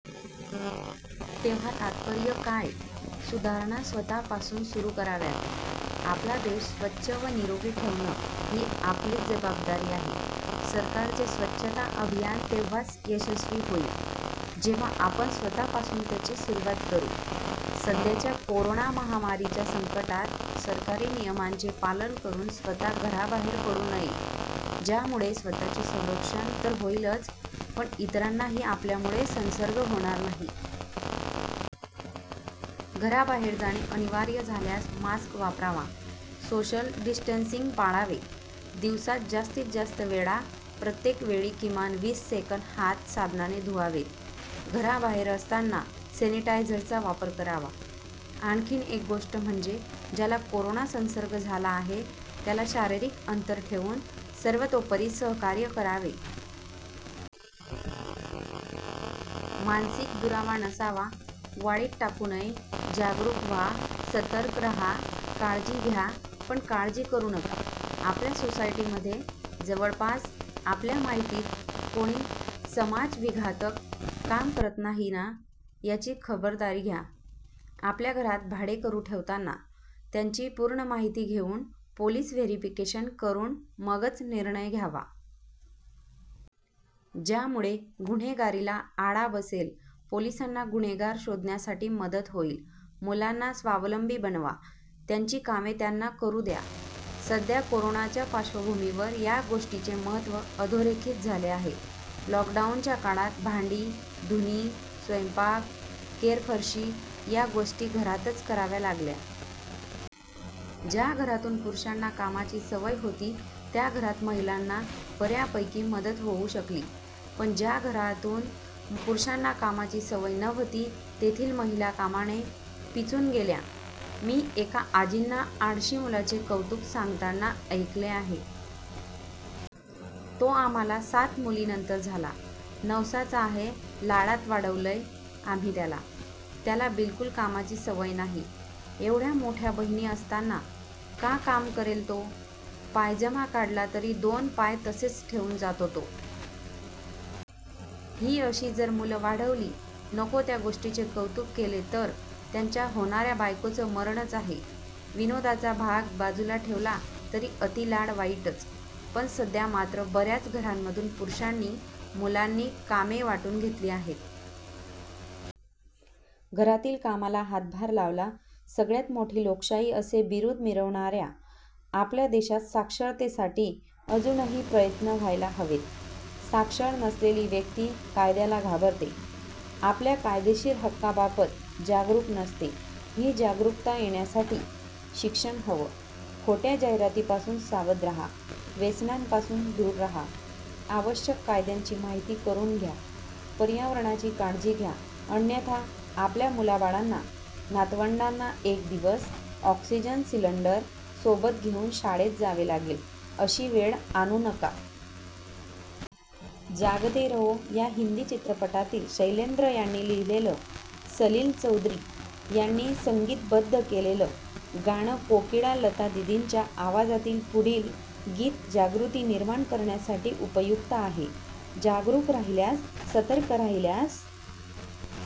तेव्हा तात्पर्य काय, सुधारणा स्वतःपासून सुरू कराव्यात. आपला देश स्वच्छ व निरोगी ठेवणं ही आपलीपण जबाबदारी आहे. सरकारचे स्वच्छता अभियान तेव्हाच यशस्वी होईल, जेव्हा आपण स्वतःपासून त्याची सुरुवात करू. सध्याच्या कोरोना महामारीच्या संकटात सरकारी नियमांचे पालन करून स्वतः घराबाहेर पडू नये, ज्यामुळे स्वतःचे संरक्षण तर होईलच पण इतरांनाही आपल्यामुळे संसर्ग होणार नाही. घराबाहेर जाणे अनिवार्य झाल्यास मास्क वापरावा, सोशल डिस्टन्सिंग पाळावे, दिवसात जास्तीत जास्त वेळा प्रत्येक वेळी किमान वीस सेकंद हात साबणाने धुवावेत, घराबाहेर असताना सॅनिटायझरचा वापर करावा. आणखीन एक गोष्ट म्हणजे ज्याला कोरोना संसर्ग झाला आहे त्याला शारीरिक अंतर ठेवून सर्वतोपरी सहकार्य करावे. मानसिक दुरावा नसावा. वाळीत टाकू नये. जागरूक व्हा, सतर्क राहा, काळजी घ्या पण काळजी करू नका. आपल्या सोसायटीमध्ये, जवळपास, आपल्या माहितीत कोणी समाजविघातक काम तर करत नाही ना? याची खबरदारी घ्या. आपल्या घरात भाडेकरू ठेवताना त्याची पूर्ण माहिती घेऊन, पोलीस व्हेरिफिकेशन करून मगच निर्णय घ्यावा. ज्यामुळे गुन्हेगारीला आळा बसेल. पोलिसांना गुन्हेगार शोधण्यासाठी मदत होईल. मुलांना स्वावलंबी बनवा. त्यांची कामे त्यांना करू द्या. सध्या कोरोनाच्या पार्श्वभूमीवर या गोष्टीचे महत्त्व अधोरेखित झाले आहे. लॉकडाऊनच्या काळात भांडी, धुणी, स्वयंपाक, केरफरशी या गोष्टी घरातच कराव्या लागल्या. ज्या घरातून पुरुषांना कामाची सवय होती त्या घरात महिलांना बऱ्यापैकी मदत होऊ शकली. पण ज्या घरातून पुरुषांना कामाची सवय नव्हती तेथील महिला कामाने पिचून गेल्या. मी एका आजींना आळशी मुलाचे कौतुक सांगताना ऐकले आहे. तो आम्हाला सात मुलींनंतर झाला. नवसाचा आहे. लाडात वाढवलंय आम्ही त्याला. त्याला बिलकुल कामाची सवय नाही. एवढ्या मोठ्या बहिणी असताना का काम करेल तो? पायजमा काढला तरी दोन पाय तसेच ठेऊन जातो तो. ही अशी जर मुलं वाढवली, नको त्या गोष्टींचे कौतुक केले तर त्यांच्या होणाऱ्या बायकोचं मरणच आहे. विनोदाचा भाग बाजूला ठेवला तरी अतिलाड वाईटच. पण सध्या मात्र बऱ्याच घरांमधून पुरुषांनी, मुलांनी कामे वाटून घेतली आहेत. घरातील कामाला हातभार लावला. सगळ्यात मोठी लोकशाही असे बिरुद मिरवणाऱ्या आपल्या देशात साक्षरतेसाठी अजूनही प्रयत्न व्हायला हवेत. साक्षर नसलेली व्यक्ती कायद्याला घाबरते. आपल्या कायदेशीर हक्कांबाबत जागरूक नसते. ही जागरूकता येण्यासाठी शिक्षण हवं. खोट्या जाहिरातींपासून सावध राहा, व्यसनांपासून दूर राहा, आवश्यक कायद्यांची माहिती करून घ्या, पर्यावरणाची काळजी घ्या अन्यथा आपल्या मुलाबाळांना, नातवंडांना एक दिवस ऑक्सिजन सिलिंडर सोबत घेऊन शाळेत जावे लागेल, अशी वेळ आणू नका. जागते रहो या हिंदी चित्रपटातील शैलेंद्र यांनी लिहिलेलं, सलील चौधरी यांनी संगीतबद्ध केलेलं, गान कोकिळा लता दिदींच्या आवाजातील पुढील गीत जागृती निर्माण करण्यासाठी उपयुक्त आहे. जागरूक राहिल्यास, सतर्क राहिल्यास